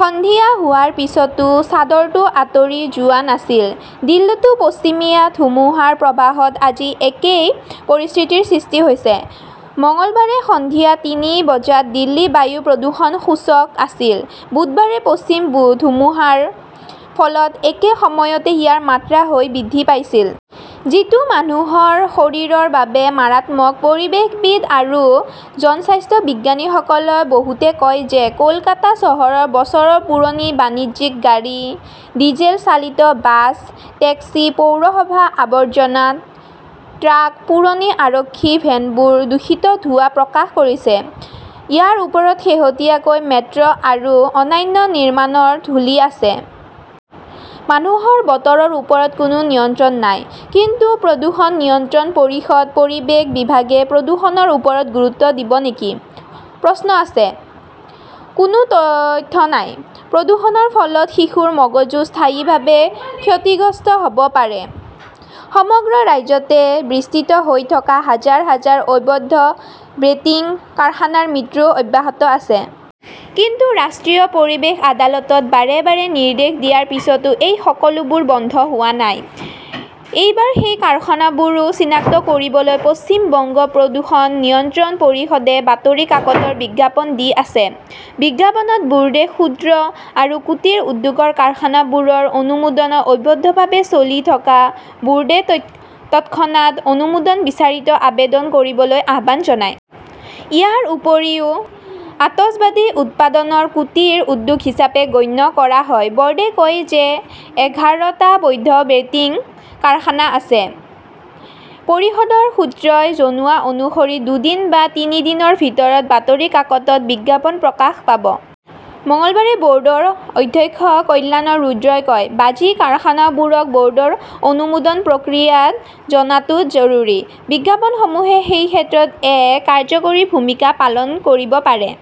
সন্ধিয়া হোৱাৰ পিছতো চাদৰটো আঁতৰি যোৱা নাছিল। দিল্লীতো পশ্চিমীয়া ধুমুহাৰ প্ৰৱাহত আজি একেই পৰিস্থিতিৰ সৃষ্টি হৈছে। মঙলবাৰে সন্ধিয়া তিনি বজাত দিল্লীৰ বায়ু প্ৰদূষণ সূচক আছিল। বুধবাৰে পশ্চিমৰ ধুমুহাৰ ফলত একে সময়তে ইয়াৰ মাত্ৰা হৈ বৃদ্ধি পাইছিল। যিটো মানুহৰ শৰীৰৰ বাবে মাৰাত্মক। পৰিৱেশবিদ আৰু জনস্বাস্থ্য বিজ্ঞানীসকলৰ বহুতে কয় যে কলকাতা চহৰত বছৰ পুৰণি বাণিজ্যিক গাড়ী, ডিজেল চালিত বাছ, টেক্সি, পৌৰসভাৰ আবৰ্জনা ট্ৰাক, পুৰণি আৰক্ষীৰ ভেনবোৰে দূষিত ধোঁৱা প্ৰকাশ কৰিছে। ইয়াৰ ওপৰত শেহতীয়াকৈ মেট্ৰ 'আৰু অন্যান্য নিৰ্মাণৰ ধূলি আছে। মানুহৰ বতৰৰ ওপৰত কোনো নিয়ন্ত্ৰণ নাই। কিন্তু প্ৰদূষণ নিয়ন্ত্ৰণ পৰিষদ, পৰিৱেশ বিভাগে প্ৰদূষণৰ ওপৰত গুৰুত্ব দিব নেকি? প্ৰশ্ন আছে। কোনো তথ্য নাই। প্ৰদূষণৰ ফলত শিশুৰ মগজু স্থায়ীভাৱে ক্ষতিগ্ৰস্ত হব পাৰে! সমগ্ৰ ৰাজ্যতে বিস্তৃত হৈ থকা হাজাৰ-হাজাৰ অবৈধ বেটিং কাৰখানাত মৃত্যু অব্যাহত আছে। কিন্তু ৰাষ্ট্ৰীয় পৰিৱেশ আদালতৰ বাৰে বাৰে নিৰ্দেশ দিয়াৰ পিছতো এই সকলোবোৰ বন্ধ হোৱা নাই। এইবাৰ সেই কাৰখানাবোৰ চিনাক্ত কৰিবলৈ পশ্চিম বংগ প্ৰদূষণ নিয়ন্ত্ৰণ পৰিষদে বাতৰি কাকতত বিজ্ঞাপন দি আছে। বিজ্ঞাপনত বোৰ্ডে ক্ষুদ্ৰ আৰু কুটীৰ উদ্যোগৰ কাৰখানাবোৰৰ অনুমোদন অবৈধভাৱে চলি থকা বোৰ্ডে তৎক্ষণাত অনুমোদন বিচাৰি আবেদন কৰিবলৈ আহ্বান জনায়। ইয়াৰ উপৰিও, আতচবাজী উৎপাদনক কুটিৰ উদ্যোগ হিচাপে গণ্য কৰা হয়। বৰ্ডে কয় যে এঘাৰ টা বৈধ বেটিং কাৰখানা আছে। পৰিষদৰ সূত্ৰই জনোৱা অনুসৰি দুদিন বা তিনি দিনৰ ভিতৰত বাতৰি কাকতত বিজ্ঞাপন প্ৰকাশ পাব। মঙলবাৰে বৰ্ডৰ অধ্যক্ষ কল্যাণ ৰুদ্ৰই কয়, বাজি কাৰখানাবোৰক বৰ্ডৰ অনুমোদন প্ৰক্ৰিয়াত অনাটো জৰুৰী। বিজ্ঞাপনসমূহে সেই ক্ষেত্ৰত এক কাৰ্যকৰী ভূমিকা পালন কৰিব পাৰে।